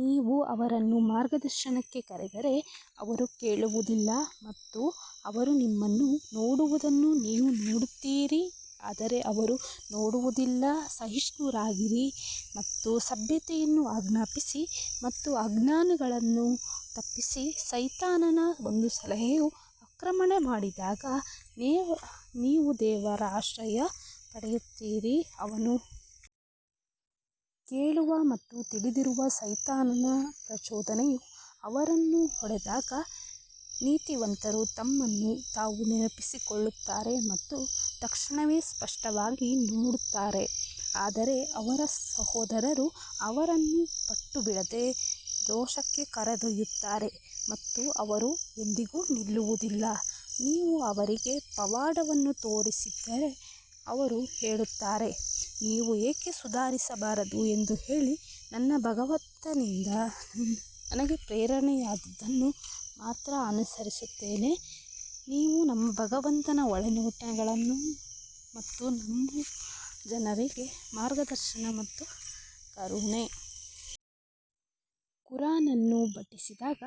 ನೀವು ಅವರನ್ನು ಮಾರ್ಗದರ್ಶನಕ್ಕೆ ಕರೆದರೆ ಅವರು ಕೇಳುವುದಿಲ್ಲ ಮತ್ತು ಅವರು ನಿಮ್ಮನ್ನು ನೋಡುವುದನ್ನು ನೀವು ನೋಡುತ್ತೀರಿ ಆದರೆ ಅವರು ನೋಡುವುದಿಲ್ಲ ಸಹಿಷ್ಣುರಾಗಿರಿ ಮತ್ತು ಸಭ್ಯತೆಯನ್ನು ಆಜ್ಞಾಪಿಸಿ ಮತ್ತು ಅಜ್ಞಾನಿಗಳನ್ನು ತಪ್ಪಿಸಿ ಮತ್ತು ಸೈತಾನನ ಒಂದು ಸಲಹೆಯು ಆಕ್ರಮಣ ಮಾಡಿದಾಗ ನೀವು ದೇವರಲ್ಲಿ ಆಶ್ರಯ ಪಡೆಯುತ್ತೀರಿ ಅವನು ಕೇಳುವ ಮತ್ತು ತಿಳಿದಿರುವ ಸೈತಾನನ ಪ್ರಚೋದನೆಯು ಅವರನ್ನು ಹೊಡೆದಾಗ ನೀತಿವಂತರು ತಮ್ಮನ್ನು ತಾವು ನೆನಪಿಸಿಕೊಳ್ಳುತ್ತಾರೆ ಮತ್ತು ತಕ್ಷಣವೇ ಸ್ಪಷ್ಟವಾಗಿ ನೋಡುತ್ತಾರೆ ಆದರೆ ಅವರ ಸಹೋದರರು ಅವರನ್ನು ಪಟ್ಟುಬಿಡದೆ ದೋಷಕ್ಕೆ ಕರೆದೊಯ್ಯುತ್ತಾರೆ ಮತ್ತು ಅವರು ಎಂದಿಗೂ ನಿಲ್ಲಿಸುವುದಿಲ್ಲ ನೀವು ಅವರಿಗೆ ಪವಾಡವನ್ನು ತೋರಿಸದಿದ್ದರೆ ಅವರು ಹೇಳುತ್ತಾರೆ, ನೀವು ಏಕೆ ಸುಧಾರಿಸಬಾರದು ಎಂದು ಹೇಳಿ, ನನ್ನ ಭಗವಂತನಿಂದ ನನಗೆ ಪ್ರೇರಿತವಾದದ್ದನ್ನು ಮಾತ್ರ ನಾನು ಅನುಸರಿಸುತ್ತೇನೆ, ಇವು ನಿಮ್ಮ ಭಗವಂತನ ಒಳನೋಟಗಳು ಮತ್ತು ನಂಬುವ ಜನರಿಗೆ ಮಾರ್ಗದರ್ಶನ ಮತ್ತು ಕರುಣೆ. ಕುರಾನ್ ಅನ್ನು ಪಠಿಸಿದಾಗ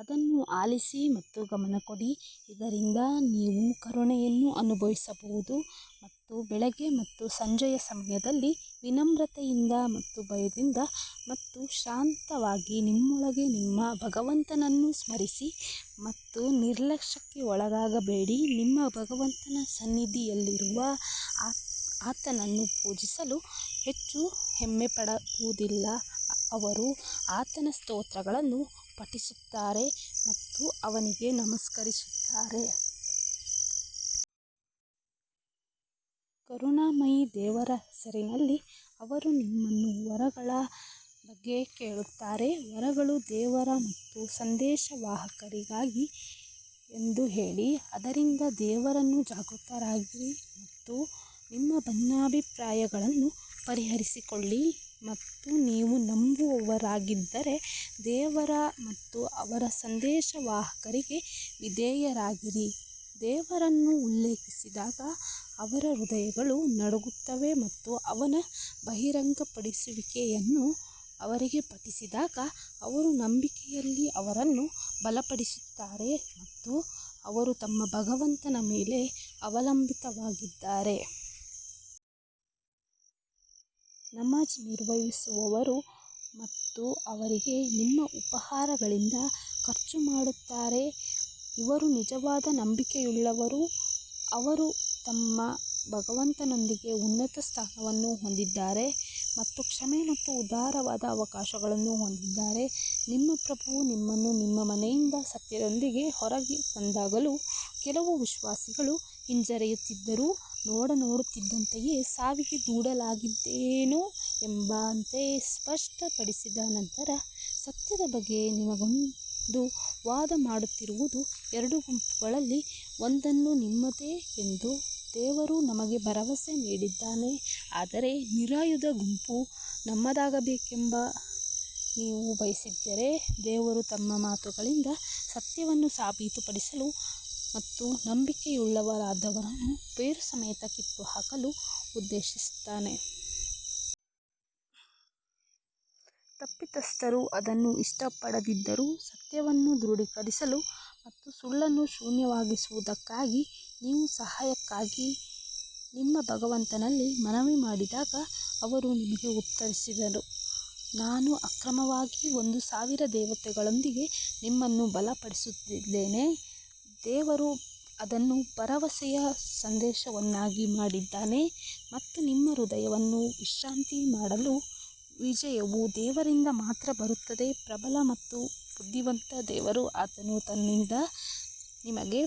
ಅದನ್ನು ಆಲಿಸಿ ಮತ್ತು ಗಮನ ಕೊಡಿ ಇದರಿಂದ ನೀವು ಕರುಣೆಯನ್ನು ಅನುಭವಿಸಬಹುದು ಮತ್ತು ಬೆಳಿಗ್ಗೆ ಮತ್ತು ಸಂಜೆಯ ಸಮಯದಲ್ಲಿ ವಿನಮ್ರತೆಯಿಂದ ಮತ್ತು ಭಯದಿಂದ ಮತ್ತು ಶಾಂತವಾಗಿ ನಿಮ್ಮೊಳಗೆ ನಿಮ್ಮ ಭಗವಂತನನ್ನು ಸ್ಮರಿಸಿ ಮತ್ತು ನಿರ್ಲಕ್ಷ್ಯಕ್ಕೆ ಒಳಗಾಗಬೇಡಿ ನಿಮ್ಮ ಭಗವಂತನ ಸನ್ನಿಧಿಯಲ್ಲಿರುವವರು ಆತನನ್ನು ಪೂಜಿಸಲು ಹೆಚ್ಚು ಹೆಮ್ಮೆಪಡುವುದಿಲ್ಲ ಅವರು ಆತನ ಸ್ತೋತ್ರಗಳನ್ನು ಪಠಿಸುತ್ತಾರೆ ಮತ್ತು ಆತನಿಗೆ ನಮಸ್ಕರಿಸುತ್ತಾರೆ. ಕರುಣಾಮಯಿ ದೇವರ ಹೆಸರಿನಲ್ಲಿ ಅವರು ನಿಮ್ಮನ್ನು ವರಗಳ ಬಗ್ಗೆ ಕೇಳುತ್ತಾರೆ, ವರಗಳು ದೇವರು ಮತ್ತು ಸಂದೇಶವಾಹಕರಿಗಾಗಿ ಎಂದು ಹೇಳಿ ಆದ್ದರಿಂದ ದೇವರನ್ನು ಜಾಗರೂಕರಾಗಿರಿ ಮತ್ತು ನಿಮ್ಮ ಭಿನ್ನಾಭಿಪ್ರಾಯಗಳನ್ನು ಪರಿಹರಿಸಿಕೊಳ್ಳಿ ಮತ್ತು ನೀವು ನಂಬುವವರಾಗಿದ್ದರೆ ದೇವರು ಮತ್ತು ಅವನ ಸಂದೇಶವಾಹಕರಿಗೆ ವಿಧೇಯರಾಗಿರಿ. ದೇವರನ್ನು ಉಲ್ಲೇಖಿಸಿದಾಗ ಅವರ ಹೃದಯಗಳು ನಡುಗುತ್ತವೆ ಮತ್ತು ಅವನ ಬಹಿರಂಗಪಡಿಸುವಿಕೆಯನ್ನು ಅವರಿಗೆ ಪಠಿಸಿದಾಗ ಅವರು ನಂಬಿಕೆಯಲ್ಲಿ ಅವರನ್ನು ಬಲಪಡಿಸುತ್ತಾರೆ ಮತ್ತು ಅವರು ತಮ್ಮ ಭಗವಂತನ ಮೇಲೆ ಅವಲಂಬಿತರಾಗಿದ್ದಾರೆ. ನಮಾಝ್ ನಿರ್ವಹಿಸುವವರು ಮತ್ತು ಅವರಿಗೆ ನಮ್ಮ ಉಪಹಾರಗಳಿಂದ ಖರ್ಚು ಮಾಡುತ್ತಾರೆ ಇವರು ನಿಜವಾದ ನಂಬಿಕೆಯುಳ್ಳವರು, ಅವರು ತಮ್ಮ ಭಗವಂತನೊಂದಿಗೆ ಉನ್ನತ ಸ್ಥಾನವನ್ನು ಹೊಂದಿದ್ದಾರೆ ಮತ್ತು ಕ್ಷಮೆ ಮತ್ತು ಉದಾರವಾದ ಅವಕಾಶವನ್ನು ಹೊಂದಿದ್ದಾರೆ ನಿಮ್ಮ ಪ್ರಭುವು ನಿಮ್ಮನ್ನು ನಿಮ್ಮ ಮನೆಯಿಂದ ಸತ್ಯದೊಂದಿಗೆ ಹೊರಗೆ ತಂದಾಗಲೂ ಕೆಲವು ವಿಶ್ವಾಸಿಗಳು ಹಿಂಜರಿಯುತ್ತಿದ್ದರು ನೋಡನೋಡುತ್ತಿದ್ದಂತೆಯೇ ಸಾವಿಗೆ ದೂಡಲಾಗುತ್ತಿದೆಯೇನೋ ಎಂಬಂತೆ ಸ್ಪಷ್ಟ ಪಡಿಸಿದ ನಂತರ ಸತ್ಯದ ಬಗ್ಗೆ ನಿಮ್ಮೊಂದಿಗೆ ವಾದ ಮಾಡುತ್ತಿರುವುದು ಎರಡು ಗುಂಪುಗಳಲ್ಲಿ ಒಂದನ್ನು ನಿಮ್ಮದೇ ಎಂದು ದೇವರು ನಿಮಗೆ ಭರವಸೆ ನೀಡಿದ್ದಾನೆ ಆದರೆ ನಿರಾಯುಧ ಗುಂಪು ನಿಮ್ಮದಾಗಬೇಕೆಂದು ನೀವು ಬಯಸಿದ್ದೀರಿ, ದೇವರು ತನ್ನ ಮಾತುಗಳಿಂದ ಸತ್ಯವನ್ನು ಸಾಬೀತುಪಡಿಸಲು ಮತ್ತು ನಂಬಿಕೆಯಿಲ್ಲದವರನ್ನು ಬೇರುಸಹಿತ ಕಿತ್ತುಹಾಕಲು ಉದ್ದೇಶಿಸಿದ್ದಾನೆ. ತಪ್ಪಿತಸ್ಥರು ಅದನ್ನು ಇಷ್ಟಪಡದಿದ್ದರೂ ಸತ್ಯವನ್ನು ದೃಢೀಕರಿಸಲು ಮತ್ತು ಸುಳ್ಳನ್ನು ಶೂನ್ಯಗೊಳಿಸುವುದಕ್ಕಾಗಿ ನೀವು ಸಹಾಯಕ್ಕಾಗಿ ನಿಮ್ಮ ಭಗವಂತನಲ್ಲಿ ಮನವಿ ಮಾಡಿದಾಗ ಅವರು ನಿಮಗೆ ಉತ್ತರಿಸಿದರು ನಾನು ಅನುಕ್ರಮವಾಗಿ ಒಂದು ಸಾವಿರ ದೇವತೆಗಳೊಂದಿಗೆ ನಿಮ್ಮನ್ನು ಬಲಪಡಿಸುತ್ತಿದ್ದೇನೆ ದೇವರು ಅದನ್ನು ಭರವಸೆಯ ಸಂದೇಶವನ್ನಾಗಿ ಮಾಡಿದ್ದಾನೆ ಮತ್ತು ನಿಮ್ಮ ಹೃದಯವನ್ನು ವಿಶ್ರಾಂತಿ ಮಾಡಲು ವಿಜಯವು ದೇವರಿಂದ ಮಾತ್ರ ಬರುತ್ತದೆ ಪ್ರಬಲ ಮತ್ತು ಬುದ್ಧಿವಂತ ದೇವರು ಆತನು ತನ್ನಿಂದ ನಿಮಗೆ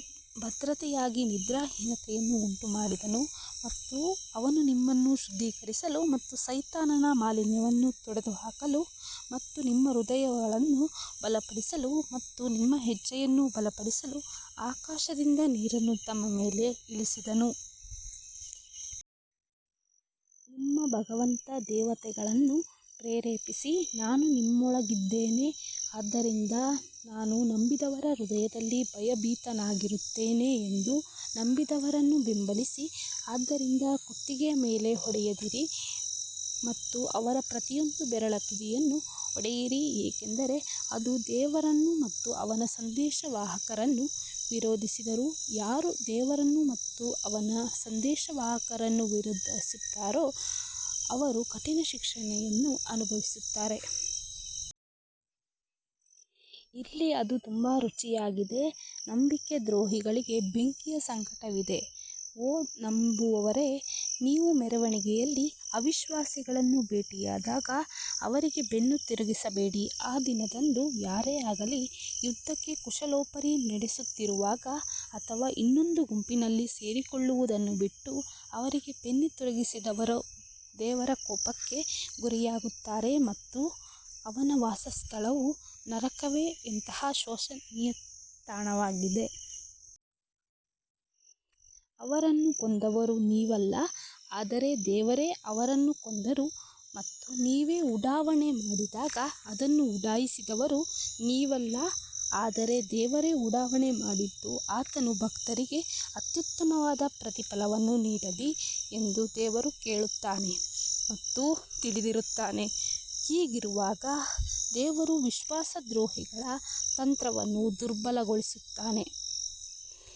ಭದ್ರತೆಯಾಗಿ ನಿದ್ರಾಹೀನತೆಯನ್ನು ಉಂಟುಮಾಡಿದನು ಮತ್ತು ಅವನು ನಿಮ್ಮನ್ನು ಶುದ್ಧೀಕರಿಸಲು ಮತ್ತು ಸೈತಾನನ ಮಾಲಿನ್ಯವನ್ನು ತೊಡೆದುಹಾಕಲು ಮತ್ತು ನಿಮ್ಮ ಹೃದಯಗಳನ್ನು ಬಲಪಡಿಸಲು ಮತ್ತು ನಿಮ್ಮ ಹೆಜ್ಜೆಯನ್ನು ಬಲಪಡಿಸಲು ಆಕಾಶದಿಂದ ನೀರನ್ನು ನಿಮ್ಮ ಮೇಲೆ ಇಳಿಸಿದನು. ನಿಮ್ಮ ಭಗವಂತ ದೇವತೆಗಳನ್ನು ಪ್ರೇರೇಪಿಸಿ, ನಾನು ನಿಮ್ಮೊಂದಿಗಿದ್ದೇನೆ ಆದ್ದರಿಂದ ನಾನು ನಂಬದವರ ಹೃದಯದಲ್ಲಿ ಭಯಭೀತರಾಗುತ್ತೇನೆ ಎಂದು ನಂಬುವವರನ್ನು ಬೆಂಬಲಿಸಿ ಆದ್ದರಿಂದ ಕುತ್ತಿಗೆಯ ಮೇಲೆ ಹೊಡೆಯಿರಿ ಮತ್ತು ಅವರ ಪ್ರತಿಯೊಂದು ಬೆರಳ ತುದಿಯನ್ನು ಹೊಡೆಯಿರಿ ಏಕೆಂದರೆ ಅವರು ದೇವರನ್ನು ಮತ್ತು ಅವನ ಸಂದೇಶವಾಹಕರನ್ನು ವಿರೋಧಿಸಿದರು, ಯಾರು ದೇವರನ್ನು ಮತ್ತು ಅವನ ಸಂದೇಶವಾಹಕರನ್ನು ವಿರೋಧಿಸುತ್ತಾರೋ ಅವರು ಕಠಿಣ ಶಿಕ್ಷೆಯನ್ನು ಅನುಭವಿಸುತ್ತಾರೆ. ಇಲ್ಲಿ ಅದು ತುಂಬಾ ರುಚಿಯಾಗಿದೆ ನಂಬಿಕೆ ದ್ರೋಹಿಗಳಿಗೆ ಬೆಂಕಿಯ ಸಂಕಟವಿದೆ ಓ ನಂಬುವವರೇ ನೀವು ಮೆರವಣಿಗೆಯಲ್ಲಿ ಅವಿಶ್ವಾಸಿಗಳನ್ನು ಭೇಟಿಯಾದಾಗ ಅವರಿಗೆ ಬೆನ್ನು ತಿರುಗಿಸಬೇಡಿ ಆ ದಿನದಂದು ಯಾರೇ ಆಗಲಿ ಯುದ್ಧಕ್ಕೆ ಕುಶಲೋಪರಿ ನಡೆಸುತ್ತಿರುವಾಗ ಅಥವಾ ಇನ್ನೊಂದು ಗುಂಪಿನಲ್ಲಿ ಸೇರಿಕೊಳ್ಳುವುದನ್ನು ಬಿಟ್ಟು ಅವರಿಗೆ ಬೆನ್ನು ತಿರುಗಿಸಿದವರು ದೇವರ ಕೋಪಕ್ಕೆ ಗುರಿಯಾಗುತ್ತಾರೆ ಮತ್ತು ಅವನ ವಾಸಸ್ಥಳವು ನರಕವೇ ಎಂತಹ ಶೋಚನೀಯ ತಾಣವಾಗಿದೆ. ಅವರನ್ನು ಕೊಂದವರು ನೀವಲ್ಲ ಆದರೆ ದೇವರೇ ಅವರನ್ನು ಕೊಂದರು ಮತ್ತು ನೀವು ಉಡಾವಣೆ ಮಾಡಿದಾಗ ಅದನ್ನು ಉಡಾಯಿಸಿದವರು ನೀವಲ್ಲ ಆದರೆ ದೇವರೇ ಉಡಾವಣೆ ಮಾಡಿದ್ದು ಆತನು ಭಕ್ತರಿಗೆ ಅತ್ಯುತ್ತಮವಾದ ಪ್ರತಿಫಲವನ್ನು ನೀಡಲಿ ಎಂದು ದೇವರು ಕೇಳುತ್ತಾನೆ ಮತ್ತು ತಿಳಿದಿರುತ್ತಾನೆ ಹೀಗಿರುವಾಗ ದೇವರು ವಿಶ್ವಾಸದ್ರೋಹಿಗಳ ತಂತ್ರವನ್ನು ದುರ್ಬಲಗೊಳಿಸುತ್ತಾನೆ.